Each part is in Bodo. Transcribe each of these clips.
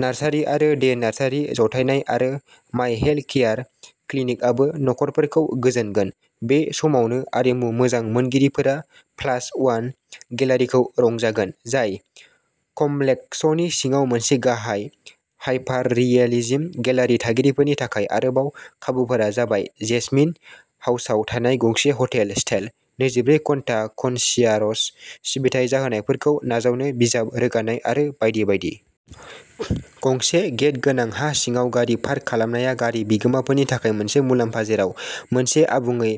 नारसारि आरो डे नारसारि जथायनाय आरो मायहेल्थ केयार क्लिनिकआबो नखरफोरखौ गोजोनगोन। बे समावनो आरिमु मोजां मोनगिरिफोरा प्लास वान गेलारिखौ रंजागोन। जाय कमप्लेक्सनि सिङाव मोनसे गाहाय हायपाररियेलिजम गेलारि थागिरिफोरनि थाखाय आरोबाव खाबुफोरा जाबाय जेसमिन हाउसआव थानाय गंसे हटेल स्टाइल नैजिब्रै घन्टा कनसियारज सिबिथाइ जाहोनायफोरखौ नाजावनो बिजाब रोगानाय आरो बायदि बायदि। गंसे गेट गोनां हा सिङाव गारि पार्क खालामनाया गारि बिगोमाफोरनि थाखाय मोनसे मुलाम्फा जेराव मोनसे आबुङै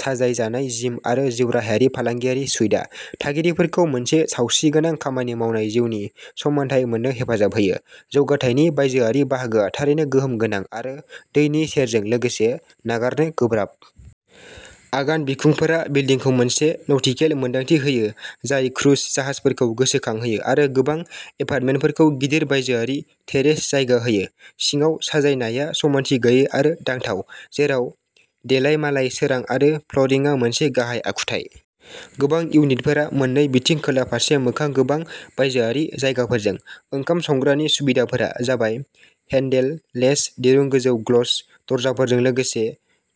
साजायजानाय जिम आरो जिउराहायारि फालांगियारि सुइटआ थागिरिफोरखौ मोनसे सावस्रिगोनां खामानि मावनाय जिउनि समानथाय मोननो हेफाजाब होयो। जौगाथायनि बायजोआरि बाहागोआ थारैनो गोहोम गोनां आरो दैनि सेरजों लोगोसे नागारनो गोब्राब। आगान बिखुंफोरा बिल्दिंखौ मोनसे नटिकेल मोनदांथि होयो जाय क्रुज जाहाजफोरखौ गोसोखांहोयो आरो गोबां एपार्टमेन्टफोरखौ गिदिर बायजोआरि टेरेस जायगा होयो। सिङाव साजायनाया समानथि गैयै आरो दांथाव। जेराव देलायमालाय सोरां आरो फ्लरिंआ मोनसे गाहाय आखुथाय। गोबां इउनिटफोरा मोननै बिथिं खोला फारसे मोखां गोबां बायजोआरि जायगाफोरजों। ओंखाम संग्रानि सुबिदाफोरा जाबाय हेन्डेललेस दिरुं गोजौ ग्लस दरजाफोरजों लोगोसे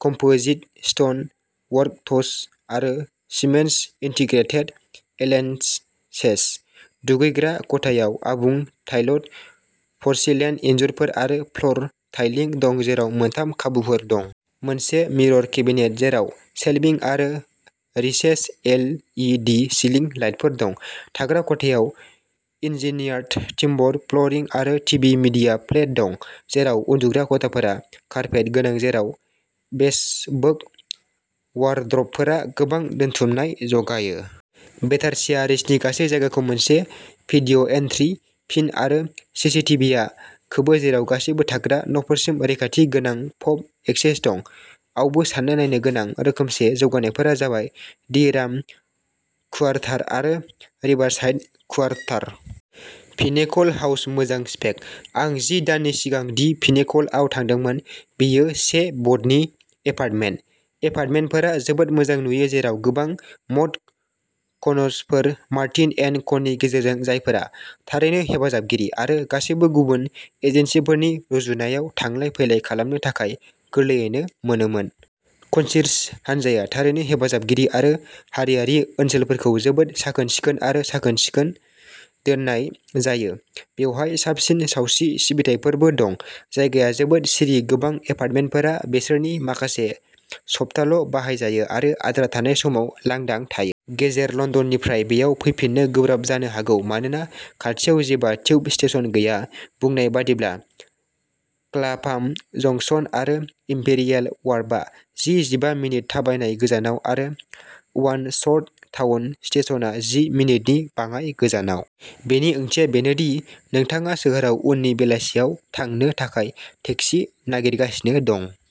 कम्पोजिट स्टोन वर्कटप्स आरो सीमेन्स इन्टिग्रेटेड एलेनसेस। दुगैग्रा खथायाव आबुं टाइलड परसिलेन इनजुरफोर आरो फ्लर टाइलिंग दं जेराव मोनथाम खाबुफोर दं। मोनसे मिरर केबिनेट जेराव शेलभिं आरो recessed L E D ceiling लाइटफोर दं। थाग्रा खथायाव इन्जिनियार्ड टिम्बर फ्लरिं आरो टिभि मीडिया प्लेट दं। जेराव उन्दुग्रा खथाफोरा कारपेट गोनां जेराव बेसपोक वार्ड्रबफोरा गोबां दोनथुमनाय जगायो। बेटारसिया रीचनि गासै जायगाखौ मोनसे भिडिय'एन्ट्रि फिन आरो सि सि टि भि आ खोबो जेराव गासैबो थाग्रा नफोरसिम रैखाथि गोनां फब एक्सेस दं। आवबो सानना नायनो गोनां रोखोमसे जौगानायफोरा जाबाय दि राम कुवारटार आरो रिभारसाइड कुवारटार। पिनेकल हाउस मोजां स्पेक। आं जि दाननि सिगां दि पिनेकल आव थांदोंमोन। बेयो से बेडनि एपार्टमेन्ट। एपार्टमेन्टफोरा जोबोद मोजां नुयो जेराव गोबां मड कनसफोर मार्टिन एन्ड कनि गेजेरजों जायफोरा थारैनो हेफाजाबगिरि आरो गासैबो गुबुन एजेन्सिफोरनि रुजुनायाव थांलाय फैलाय खालामनो थाखाय गोरलैयैनो मोनोमोन। कन्सिर्ज हान्जाया थारैनो हेफाजाबगिरि आरो हारियारि ओनसोलफोरखौ जोबोद साखोन-सिखोन आरो साखोन-सिखोन दोननाय जायो। बेवहाय साबसिन सावस्रि सिबिथाइफोरबो दं। जायगाया जोबोद सिरि गोबां एपार्टमेन्टफोरा बोसोरनि माखासे सप्ताल' बाहाय जायो आरो आद्रा थानाय समाव लांदां थायो। गेजेर लन्दननिफ्राय बेयाव फैफिननो गोब्राब जानो हागौ मानोना खाथियाव जेबो टिउब स्टेशन गैया। बुंनाय बादिब्ला क्लाफाम जंक्शन आरो इम्पेरियेल वार्फआ जि जिबा मिनिट थाबायनाय गोजानाव आरो वानडसवर्थ टाउन स्टेशनआ जि मिनिटनि बाङाय गोजानाव। बेनि ओंथिया बेनोदि नोंथाङा सोहोराव उननि बेलासियाव थांनो थाखाय टेक्सि नागिरगासिनो दं।